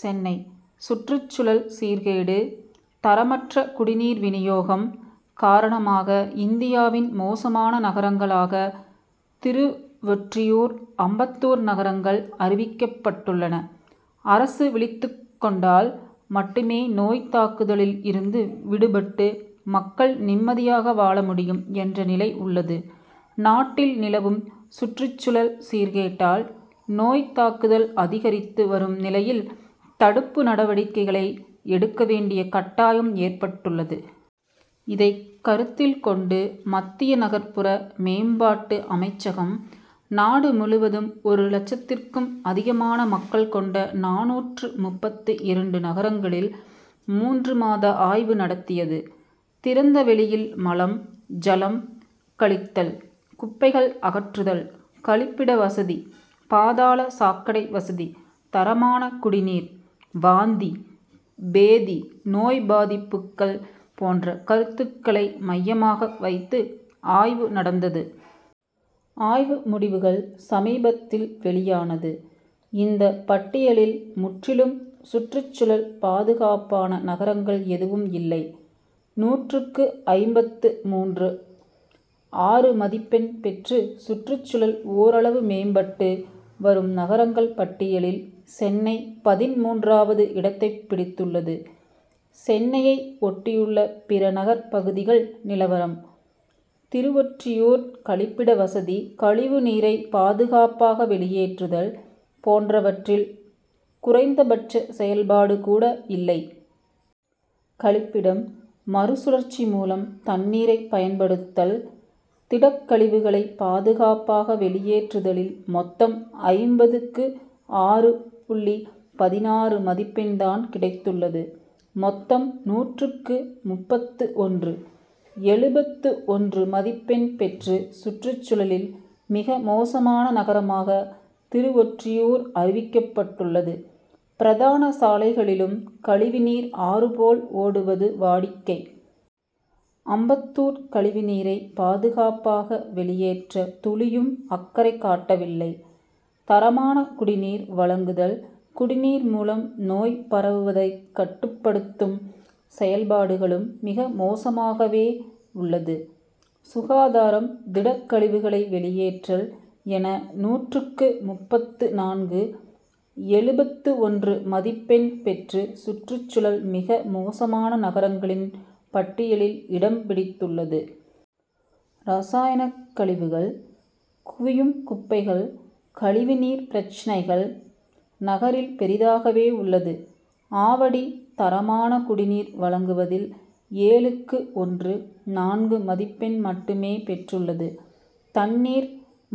சென்னை: சுற்றுச்சூழல் சீர்கேடு, தரமற்ற குடிநீர் விநியோகம் காரணமாக இந்தியாவின் மோசமான நகரங்களாக திருவொற்றியூர், அம்பத்தூர் நகரங்கள் அறிவிக்கப்பட்டுள்ளன. அரசு விழித்துக் கொண்டால் மட்டுமே நோய் தாக்குதலில் இருந்து விடுபட்டு, மக்கள் நிம்மதியாக வாழ முடியும் என்ற நிலை உள்ளது. நாட்டில் நிலவும் சுற்றுச்சூழல் சீர்கேட்டால் நோய் தாக்குதல் அதிகரித்து வரும் நிலையில், தடுப்பு நடவடிக்கைகளை எடுக்க வேண்டிய கட்டாயம் ஏற்பட்டுள்ளது. இதைக் கருத்தில் கொண்டு, மத்திய நகர்புற மேம்பாட்டு அமைச்சகம், நாடு முழுவதும் ஒரு லட்சத்திற்கும் அதிகமான மக்கள் கொண்ட, நானூற்று முப்பத்து இரண்டு நகரங்களில் மூன்று மாத ஆய்வு நடத்தியது. திறந்த வெளியில் மலம், ஜலம் கழித்தல், குப்பைகள் அகற்றுதல், கழிப்பிட வசதி, பாதாள சாக்கடை வசதி, தரமான குடிநீர், வாந்தி, பேதி நோய் பாதிப்புக்கள் போன்ற கருத்துக்களை மையமாக வைத்து ஆய்வு நடந்தது. ஆய்வு முடிவுகள் சமீபத்தில் வெளியானது. இந்த பட்டியலில் முற்றிலும் சுற்றுச்சூழல் பாதுகாப்பான நகரங்கள் எதுவும் இல்லை. நூற்றுக்கு ஐம்பத்து மூன்று.ஆறு மதிப்பெண் பெற்று, சுற்றுச்சூழல் ஓரளவு மேம்பட்டு வரும் நகரங்கள் பட்டியலில் சென்னை பதின்மூன்றாவது இடத்தைப் பிடித்துள்ளது. சென்னையை ஒட்டியுள்ள பிற நகர் பகுதிகள் நிலவரம்: திருவொற்றியூர் கழிப்பிட வசதி, கழிவுநீரை பாதுகாப்பாக வெளியேற்றுதல் போன்றவற்றில் குறைந்தபட்ச செயல்பாடு கூட இல்லை. கழிப்பிடம், மறுசுழற்சி மூலம் தண்ணீரை பயன்படுத்தல், திடக்கழிவுகளை பாதுகாப்பாக வெளியேற்றுதலில் மொத்தம் ஐம்பதுக்கு ஆறு புள்ளி பதினாறு மதிப்பெண்தான் கிடைத்துள்ளது. மொத்தம் நூற்றுக்கு முப்பத்து ஒன்று.எழுபத்து ஒன்று மதிப்பெண் பெற்று சுற்றுச்சூழலில் மிக மோசமான நகரமாக திருவொற்றியூர் அறிவிக்கப்பட்டுள்ளது. பிரதான சாலைகளிலும் கழிவுநீர் ஆறுபோல் ஓடுவது வாடிக்கை. அம்பத்தூர் கழிவுநீரை பாதுகாப்பாக வெளியேற்ற துளியும் அக்கறை காட்டவில்லை. தரமான குடிநீர் வழங்குதல், குடிநீர் மூலம் நோய் பரவுவதைக் கட்டுப்படுத்தும் செயல்பாடுகளும் மிக மோசமாகவே உள்ளது. சுகாதாரம், திடக்கழிவுகளை வெளியேற்றல் என நூற்றுக்கு முப்பத்து நான்கு.எழுபத்து ஒன்று மதிப்பெண் பெற்று, சுற்றுச்சூழல் மிக மோசமான நகரங்களின் பட்டியலில் இடம்பிடித்துள்ளது. ரசாயனக் கழிவுகள், குவியும் குப்பைகள், கழிவுநீர் பிரச்னைகள் நகரில் பெரிதாகவே உள்ளது. ஆவடி தரமான குடிநீர் வழங்குவதில் ஏழுக்கு ஒன்று.நான்கு மதிப்பெண் மட்டுமே பெற்றுள்ளது. தண்ணீர்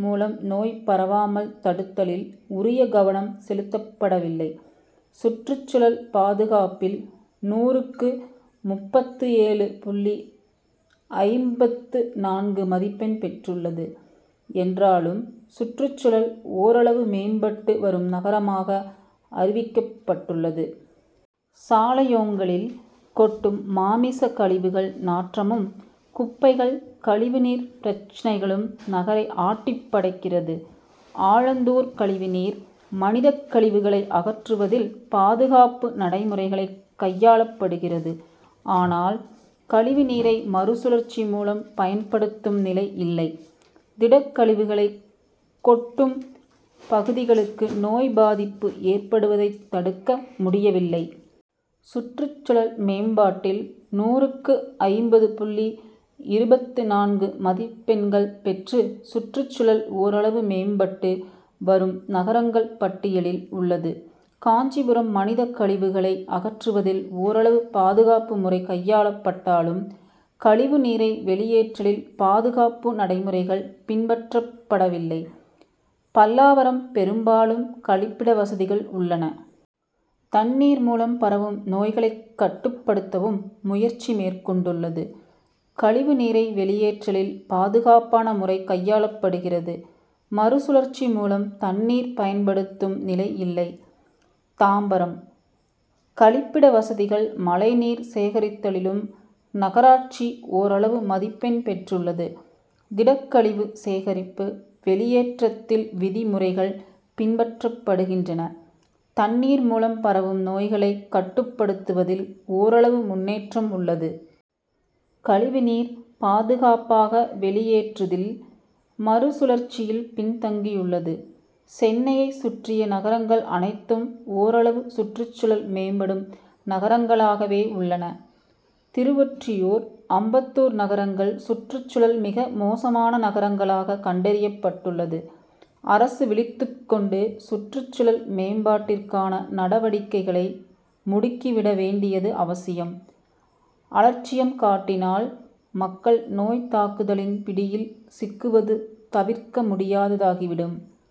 மூலம் நோய் பரவாமல் தடுத்தலில் உரிய கவனம் செலுத்தப்படவில்லை. சுற்றுச்சூழல் பாதுகாப்பில் நூறுக்கு, முப்பத்து ஏழு புள்ளி ஐம்பத்து நான்கு மதிப்பெண் பெற்றுள்ளது என்றாலும், சுற்றுச்சூழல் ஓரளவு மேம்பட்டு வரும் நகரமாக அறிவிக்கப்பட்டுள்ளது. சாலையோங்களில் கொட்டும் மாமிச கழிவுகள் நாற்றமும், குப்பைகள், கழிவுநீர் பிரச்னைகளும் நகரை ஆட்டிப்படைக்கிறது. ஆலந்தூர் கழிவுநீர், மனிதக் கழிவுகளை அகற்றுவதில் பாதுகாப்பு நடைமுறைகளைக் கையாளப்படுகிறது. ஆனால், கழிவுநீரை மறுசுழற்சி மூலம் பயன்படுத்தும் நிலை இல்லை. திடக்கழிவுகளை கொட்டும் பகுதிகளுக்கு நோய் பாதிப்பு ஏற்படுவதைத் தடுக்க முடியவில்லை. சுற்றுச்சூழல் மேம்பாட்டில் நூறுக்கு ஐம்பது புள்ளி இருபத்து நான்கு மதிப்பெண்கள் பெற்று, சுற்றுச்சூழல் ஓரளவு மேம்பட்டு வரும் நகரங்கள் பட்டியலில் உள்ளது. காஞ்சிபுரம் மனித கழிவுகளை அகற்றுவதில் ஓரளவு பாதுகாப்பு முறை கையாளப்பட்டாலும், கழிவுநீரை வெளியேற்றலில் பாதுகாப்பு நடைமுறைகள் பின்பற்றப்படவில்லை. பல்லாவரம் பெரும்பாலும் கழிப்பிட வசதிகள் உள்ளன. தண்ணீர் மூலம் பரவும் நோய்களைக் கட்டுப்படுத்தவும் முயற்சி மேற்கொண்டுள்ளது. கழிவுநீரை வெளியேற்றலில் பாதுகாப்பான முறை கையாளப்படுகிறது. மறுசுழற்சி மூலம் தண்ணீர் பயன்படுத்தும் நிலை இல்லை. தாம்பரம்:கழிப்பிட வசதிகள், மழைநீர் சேகரித்தலிலும் நகராட்சி ஓரளவு மதிப்பெண் பெற்றுள்ளது. திடக்கழிவு சேகரிப்பு, வெளியேற்றத்தில் விதிமுறைகள் பின்பற்றப்படுகின்றன. தண்ணீர் மூலம் பரவும் நோய்களை கட்டுப்படுத்துவதில் ஓரளவு முன்னேற்றம் உள்ளது. கழிவுநீர் பாதுகாப்பாக வெளியேற்றுதில், மறுசுழற்சியில் பின்தங்கியுள்ளது. சென்னையை சுற்றிய நகரங்கள் அனைத்தும் ஓரளவு சுற்றுச்சூழல் மேம்படும் நகரங்களாகவே உள்ளன. திருவொற்றியூர், அம்பத்தூர் நகரங்கள் சுற்றுச்சூழல் மிக மோசமான நகரங்களாக கண்டறியப்பட்டுள்ளது. அரசு விழித்துக் கொண்டு, சுற்றுச்சூழல் மேம்பாட்டிற்கான நடவடிக்கைகளை முடுக்கிவிட வேண்டியது அவசியம். அலட்சியம் காட்டினால், மக்கள் நோய் தாக்குதலின் பிடியில் சிக்குவது தவிர்க்க முடியாததாகிவிடும்.